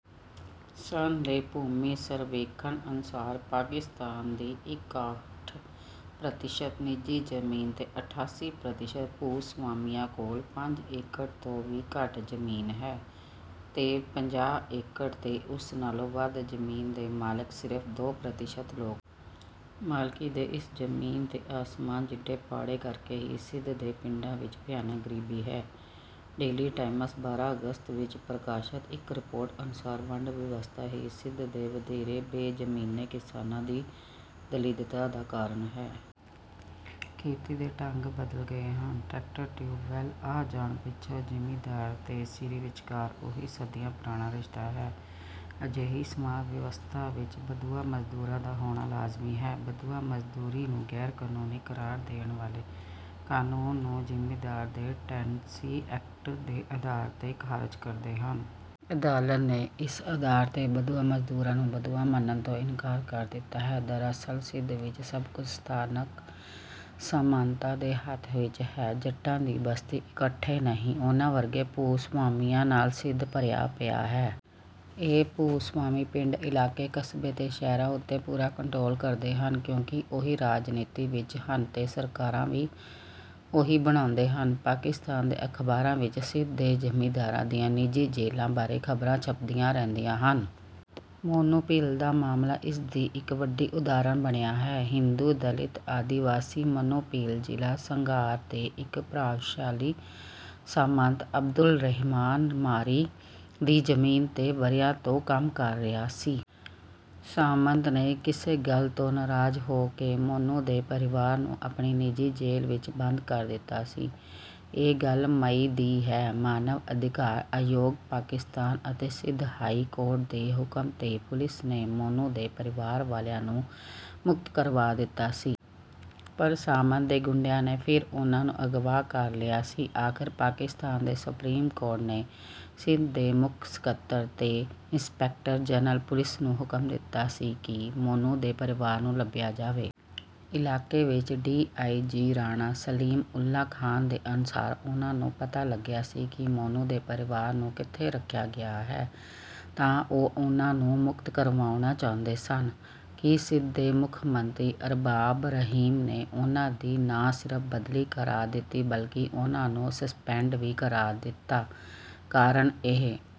ਸਨ ਦੇ ਭੂਮੀ ਸਰਵੇਖਣ ਅਨੁਸਾਰ ਪਾਕਿਸਤਾਨ ਦੀ ਇਕਾਹਠ ਪ੍ਰਤੀਸ਼ਤ ਨਿੱਜੀ ਜ਼ਮੀਨ ਦੇ ਅਠਾਸੀ ਪ੍ਰਤੀਸ਼ਤ ਭੂ-ਸਵਾਮੀਆਂ ਕੋਲ ਪੰਜ ਏਕੜ ਤੋਂ ਵੀ ਘੱਟ ਜ਼ਮੀਨ ਹੈ। ਤੇ ਪੰਜਾਹ ਏਕੜ ਤੇ ਉਸ ਨਾਲੋਂ ਵੱਧ ਜ਼ਮੀਨ ਦੇ ਮਾਲਕ ਸਿਰਫ਼ ਦੋ ਪ੍ਰਤੀਸ਼ਤ ਲੋਕ ਹਨ। ਮਾਲਕੀ ਦੇ ਇਸ ਜ਼ਮੀਨ ਤੇ ਆਸਮਾਨ ਜਿੱਡੇ ਪਾੜੇ ਕਰਕੇ ਹੀ ਸਿੰਧ ਦੇ ਪਿੰਡਾਂ ਵਿਚ ਭਿਆਨਕ ਗ਼ਰੀਬੀ ਹੈ। ਡੇਲੀ ਟਾਈਮਸ ਬਾਰਾਂ ਅਗਸਤ ਵਿਚ ਪ੍ਰਕਾਸ਼ਤ ਇਕ ਰਿਪੋਰਟ ਅਨੁਸਾਰ, ਵੰਡ ਵਿਵਸਥਾ ਹੀ ਸਿੰਧ ਦੇ ਵਧੇਰੇ ਬੇਜ਼ਮੀਨੇ ਕਿਸਾਨਾਂ ਦੀ ਦਲਿੱਦਤਾ ਦਾ ਕਾਰਨ ਹੈ। ਖੇਤੀ ਦੇ ਢੰਗ ਬਦਲ ਗਏ ਹਨ। ਟਰੈਕਟਰ, ਟਿਊਬਵੈੱਲ ਆ ਜਾਣ ਪਿੱਛੋਂ ਜ਼ਿਮੀਂਦਾਰ ਤੇ ਸੀਰੀ ਵਿਚਕਾਰ ਉਹੀ ਸਦੀਆਂ ਪੁਰਾਣਾ ਰਿਸ਼ਤਾ ਹੈ। ਅਜਿਹੀ ਸਮਾਜ ਵਿਵਸਥਾ ਵਿਚ ਬੰਧੁਆ ਮਜ਼ਦੂਰਾਂ ਦਾ ਹੋਣਾ ਲਾਜ਼ਮੀ ਹੈ। ਬੰਧੁਆ ਮਜ਼ਦੂਰੀ ਨੂੰ ਗ਼ੈਰ-ਕਾਨੂੰਨੀ ਕਰਾਰ ਦੇਣ ਵਾਲੇ ਕਾਨੂੰਨ ਨੂੰ ਜ਼ਿਮੀਂਦਾਰ ਦੇ ਟੇਨੈਂਸੀ ਐਕਟ ਦੇ ਆਧਾਰ ’ਤੇ ਖ਼ਾਰਜ ਕਰਦੇ ਹਨ। ਅਦਾਲਤ ਨੇ ਇਸ ਆਧਾਰ ’ਤੇ ਬੰਧੁਆ ਮਜ਼ਦੂਰ ਨੂੰ ਬੰਧੁਆ ਮੰਨਣ ਤੋਂ ਇਨਕਾਰ ਕਰ ਦਿੱਤਾ ਹੈ। ਦਰਅਸਲ ਸਿੰਧ ਵਿਚ ਸਭ ਕੁਝ ਸਥਾਨਕ ਸਾਮੰਤਾਂ ਦੇ ਹੱਥ ਵਿਚ ਹੈ। ਜੱਟਾਂ ਦੀ ਬਸਤੀ ਇਕੱਲੇ ਨਹੀਂ, ਉਹਨਾਂ ਵਰਗੇ ਭੂ-ਸਵਾਮੀਆਂ ਨਾਲ ਸਿੰਧ ਭਰਿਆ ਪਿਆ ਹੈ। ਇਹ ਭੂ-ਸਵਾਮੀ ਪਿੰਡ, ਇਲਾਕੇ, ਕਸਬੇ ਤੇ ਸ਼ਹਿਰਾਂ ਉੱਤੇ ਪੂਰਾ ਕੰਟਰੋਲ ਕਰਦੇ ਹਨ, ਕਿਉਂਕਿ ਉਹੀ ਰਾਜਨੀਤੀ ਵਿਚ ਹਨ ਤੇ ਸਰਕਾਰਾਂ ਵੀ ਉਹੀ ਬਣਾਉਂਦੇ ਹਨ। ਪਾਕਿਸਤਾਨ ਦੇ ਅਖ਼ਬਾਰਾਂ ਵਿਚ ਸਿੰਧ ਦੇ ਜ਼ਿਮੀਂਦਾਰਾਂ ਦੀਆਂ ਨਿੱਜੀ ਜੇਲ੍ਹਾਂ ਬਾਰੇ ਖ਼ਬਰਾਂ ਛਪਦੀਆਂ ਰਹਿੰਦੀਆਂ ਹਨ। ਮੋਨੂ ਭੀਲ ਦਾ ਮਾਮਲਾ ਇਸ ਦੀ ਇਕ ਵੱਡੀ ਉਦਾਹਰਨ ਬਣਿਆ ਹੈ। ਹਿੰਦੂ, ਦਲਿਤ ਆਦਿਵਾਸੀ ਮੋਨੂ ਭੀਲ ਜ਼ਿਲ੍ਹਾ ਸੰਘਾਰ ਦੇ ਇਕ ਪ੍ਰਭਾਵਸ਼ਾਲੀ ਸਾਮੰਤ ਅਬਦੁਲ ਰਹਿਮਾਨ ਮਾਰੀ ਦੀ ਜ਼ਮੀਨ ’ਤੇ ਵਰ੍ਹਿਆਂ ਤੋਂ ਕੰਮ ਕਰ ਰਿਹਾ ਸੀ। ਸਾਮੰਤ ਨੇ ਕਿਸੇ ਗੱਲ ਤੋਂ ਨਾਰਾਜ਼ ਹੋ ਕੇ ਮੋਨੂ ਦੇ ਪਰਿਵਾਰ ਨੂੰ ਆਪਣੀ ਨਿੱਜੀ ਜੇਲ੍ਹ ਵਿਚ ਬੰਦ ਕਰ ਦਿੱਤਾ ਸੀ। ਇਹ ਗੱਲ ਮਈ ਦੀ ਹੈ। ਮਾਨਵ ਅਧਿਕਾਰ ਆਯੋਗ, ਪਾਕਿਸਤਾਨ ਅਤੇ ਸਿੰਧ ਹਾਈ ਕੋਰਟ ਦੇ ਹੁਕਮ ’ਤੇ ਪੁਲਿਸ ਨੇ ਮੋਨੂ ਦੇ ਪਰਿਵਾਰ ਵਾਲਿਆਂ ਨੂੰ ਮੁਕਤ ਕਰਵਾ ਦਿੱਤਾ ਸੀ। ਪਰ ਸਾਮੰਤ ਦੇ ਗੁੰਡਿਆਂ ਨੇ ਫਿਰ ਉਹਨਾਂ ਨੂੰ ਅਗਵਾ ਕਰ ਲਿਆ ਸੀ। ਆਖ਼ਰ ਪਾਕਿਸਤਾਨ ਦੀ ਸੁਪਰੀਮ ਕੋਰਟ ਨੇ ਸਿੰਧ ਦੇ ਮੁੱਖ ਸਕੱਤਰ ਤੇ ਇੰਸਪੈਕਟਰ ਜਨਰਲ ਪੁਲਿਸ ਨੂੰ ਹੁਕਮ ਦਿੱਤਾ ਸੀ ਕਿ ਮੋਨੂ ਦੇ ਪਰਿਵਾਰ ਨੂੰ ਲੱਭਿਆ ਜਾਵੇ। ਇਲਾਕੇ ਵਿਚ ਡੀ. ਆਈ. ਜੀ. ਰਾਣਾ ਸਲੀਮਉੱਲਾ ਖਾਂ ਦੇ ਅਨੁਸਾਰ, ਉਹਨਾਂ ਨੂੰ ਪਤਾ ਲੱਗਿਆ ਸੀ ਕਿ ਮੋਨੂ ਦੇ ਪਰਿਵਾਰ ਨੂੰ ਕਿੱਥੇ ਰੱਖਿਆ ਗਿਆ ਹੈ ਤਾਂ ਉਹ ਉਹਨਾਂ ਨੂੰ ਮੁਕਤ ਕਰਵਾਉਣਾ ਚਾਹੁੰਦੇ ਸਨ ਕਿ ਸਿੰਧ ਦੇ ਮੁੱਖ ਮੰਤਰੀ ਅਰਬਾਬ ਰਹੀਮ ਨੇ ਉਹਨਾਂ ਦੀ ਨਾ ਸਿਰਫ਼ ਬਦਲੀ ਕਰ ਦਿੱਤੀ, ਬਲਕਿ ਉਹਨਾਂ ਨੂੰ ਸਸਪੈਂਡ ਵੀ ਕਰ ਦਿੱਤਾ। ਕਾਰਨ ਇਹ...